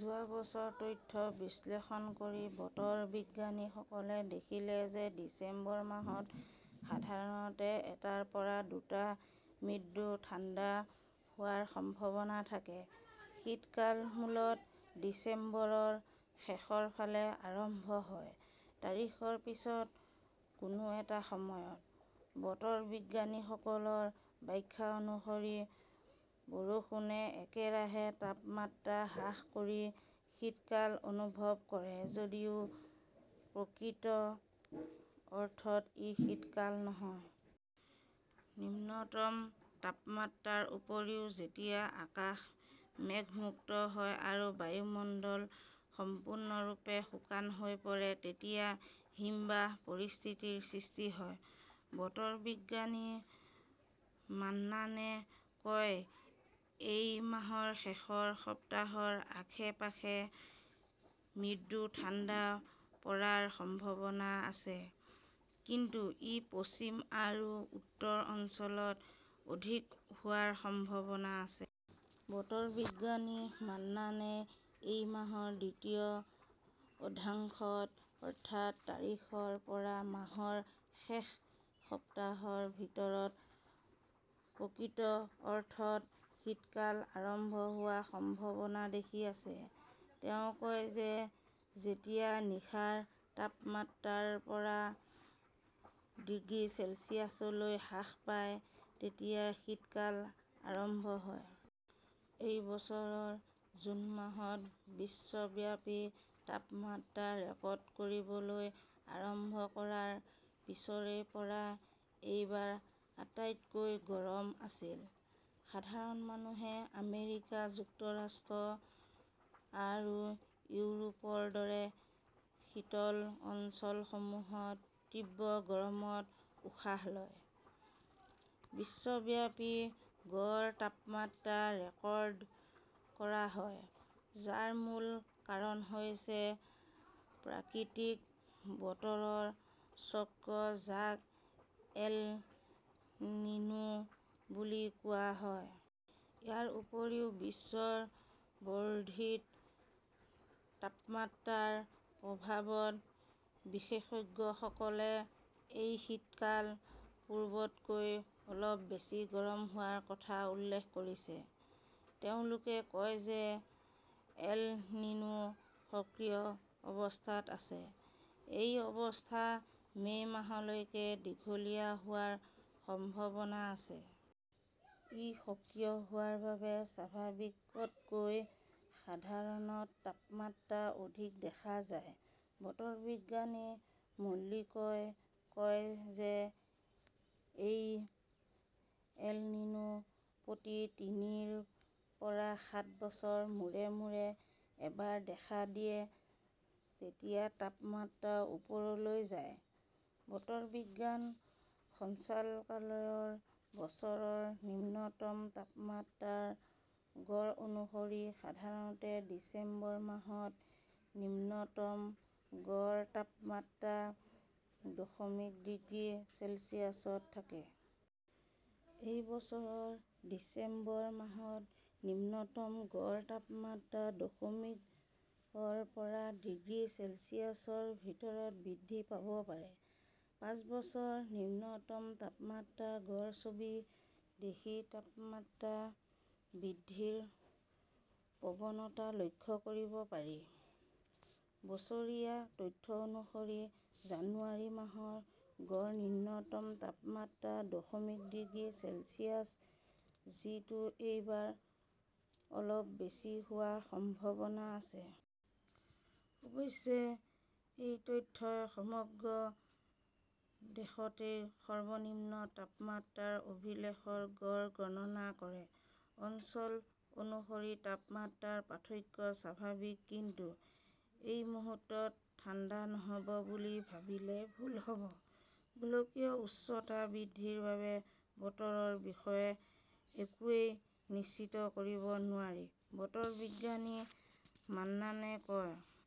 যোৱা বছৰৰ তথ্য বিশ্লেষণ কৰি বতৰ বিজ্ঞানীসকলে দেখিলে যে ডিচেম্বৰ মাহত সাধাৰণতে এটাৰ পৰা দুটা মৃদু ঠাণ্ডা হোৱাৰ সম্ভাৱনা থাকে। শীতকাল মূলতঃ ডিচেম্বৰৰ শেষৰ ফালে আৰম্ভ হয়, তাৰিখৰ পিছত কোনো এটা সময়ত। বতৰ বিজ্ঞানীসকলৰ ব্যাখ্যা অনুসৰি, বৰষুণে একেৰাহে তাপমাত্ৰা হ্ৰাস কৰি শীতকাল অনুভৱ কৰে যদিও প্ৰকৃত অৰ্থত ই শীতকাল নহয়। নিম্নতম তাপমাত্ৰাৰ উপৰিও যেতিয়া আকাশ মেঘমুক্ত হয় আৰু বায়ুমণ্ডল সম্পূৰ্ণৰূপে শুকান হৈ পৰে তেতিয়া হিমবাহৰ পৰিস্থিতিৰ সৃষ্টি হয়। বতৰ বিজ্ঞানী মান্নানে কয়, "এই মাহৰ শেষৰ সপ্তাহৰ আশে-পাশে মৃদু ঠাণ্ডা পৰাৰ সম্ভাৱনা আছে, কিন্তু ই পশ্চিম আৰু উত্তৰ অঞ্চলত অধিক হোৱাৰ সম্ভাৱনা আছে। " "বতৰ বিজ্ঞানী মান্নানে এই মাহৰ দ্বিতীয় অৰ্ধাংশত, অৰ্থাৎ তাৰিখৰ পৰা মাহৰ শেষ সপ্তাহৰ ভিতৰত প্ৰকৃত অৰ্থত শীতকাল আৰম্ভ হোৱাৰ সম্ভাৱনা দেখি আছে। তেওঁ কয় যে যেতিয়া নিশাৰ তাপমাত্ৰা ৰ পৰা ডিগ্ৰী চেলছিয়াছলৈ হ্ৰাস পায়, তেতিয়া শীতকাল আৰম্ভ হয়। এই বছৰৰ জুন মাহত বিশ্বব্যাপী তাপমাত্ৰা ৰেকৰ্ড কৰিবলৈ আৰম্ভ কৰাৰ পিছৰে পৰা এই বাৰ আটাইতকৈ গৰম আছিল। সাধাৰণ মানুহে আমেৰিকা যুক্তৰাষ্ট্ৰ আৰু ইউৰোপৰ দৰে শীতল অঞ্চলসমূহত তীব্ৰ গৰমত উশাহ লয়। বিশ্বব্যাপী গড় তাপমাত্ৰা ৰেকৰ্ড কৰা হয়, যাৰ মূল কাৰণ হৈছে প্ৰাকৃতিক বতৰৰ চক্ৰ যাক 'এল নিনো "বুলি কোৱা হয়। ইয়াৰ উপৰিও বিশ্বৰ বৰ্ধিত তাপমাত্ৰাৰ প্ৰভাৱত বিশেষজ্ঞসকলে এই শীতকাল পূৰ্বতকৈ অলপ বেছি গৰম হোৱাৰ কথা উল্লেখ কৰিছে। তেওঁলোকে কয় যে এল নিনো সক্ৰিয় অৱস্থাত আছে। এই অৱস্থা মে "মাহলৈকে দীঘলীয়া হোৱাৰ সম্ভাৱনা আছে। ই সক্ৰিয় হোৱাৰ বাবে স্বাভাৱিকতকৈ সাধাৰণ তাপমাত্ৰা অধিক দেখা যায়। বতৰ বিজ্ঞানী মল্লিকই কয় যে এই 'এল নিনো "প্ৰতি তিনিৰ পৰা সাত বছৰৰ মূৰে মূৰে এবাৰ দেখা দিয়ে-যেতিয়া তাপমাত্ৰা ওপৰলৈ যায়। বতৰ বিজ্ঞান সঞ্চালকালয়ৰ বছৰৰ নিম্নতম তাপমাত্ৰাৰ গড় অনুসৰি, সাধাৰণতে ডিচেম্বৰ মাহত নিম্নতম গড় তাপমাত্ৰা দশমিক ডিগ্ৰী চেলছিয়াছত থাকে। এই বছৰৰ ডিচেম্বৰ মাহত নিম্নতম গড় তাপমাত্ৰা দশমিক ৰ পৰা ডিগ্ৰী চেলছিয়াছৰ ভিতৰত বৃদ্ধি পাব পাৰে। পাঁচ বছৰৰ নিম্নতম তাপমাত্ৰাৰ গড় ছবি দেখি তাপমাত্ৰা বৃদ্ধিৰ প্ৰৱণতা লক্ষ্য কৰিব পাৰি। বছৰীয়া তথ্য অনুসৰি, জানুৱাৰী মাহৰ গড় নিম্নতম তাপমাত্ৰা দশমিক ডিগ্ৰী চেলছিয়াছ, যিটো এইবাৰ অলপ বেছি হোৱাৰ সম্ভাৱনা আছে। অৱশ্যে, এই তথ্যই সমগ্ৰ দেশতে সৰ্বনিম্ন তাপমাত্ৰাৰ অভিলেখৰ গড় গণনা কৰে। অঞ্চল অনুসৰি তাপমাত্ৰাৰ পাৰ্থক্য স্বাভাৱিক। কিন্তু এই মুহূৰ্তত ঠাণ্ডা নহ "ব বুলি ভাবিলে ভুল হ" ব। গোলকীয় উষ্ণতা বৃদ্ধিৰ বাবে বতৰৰ বিষয়ে একোৱেই নিশ্চিত কৰিব নোৱাৰি। বতৰ বিজ্ঞানী মান্নানে কয়,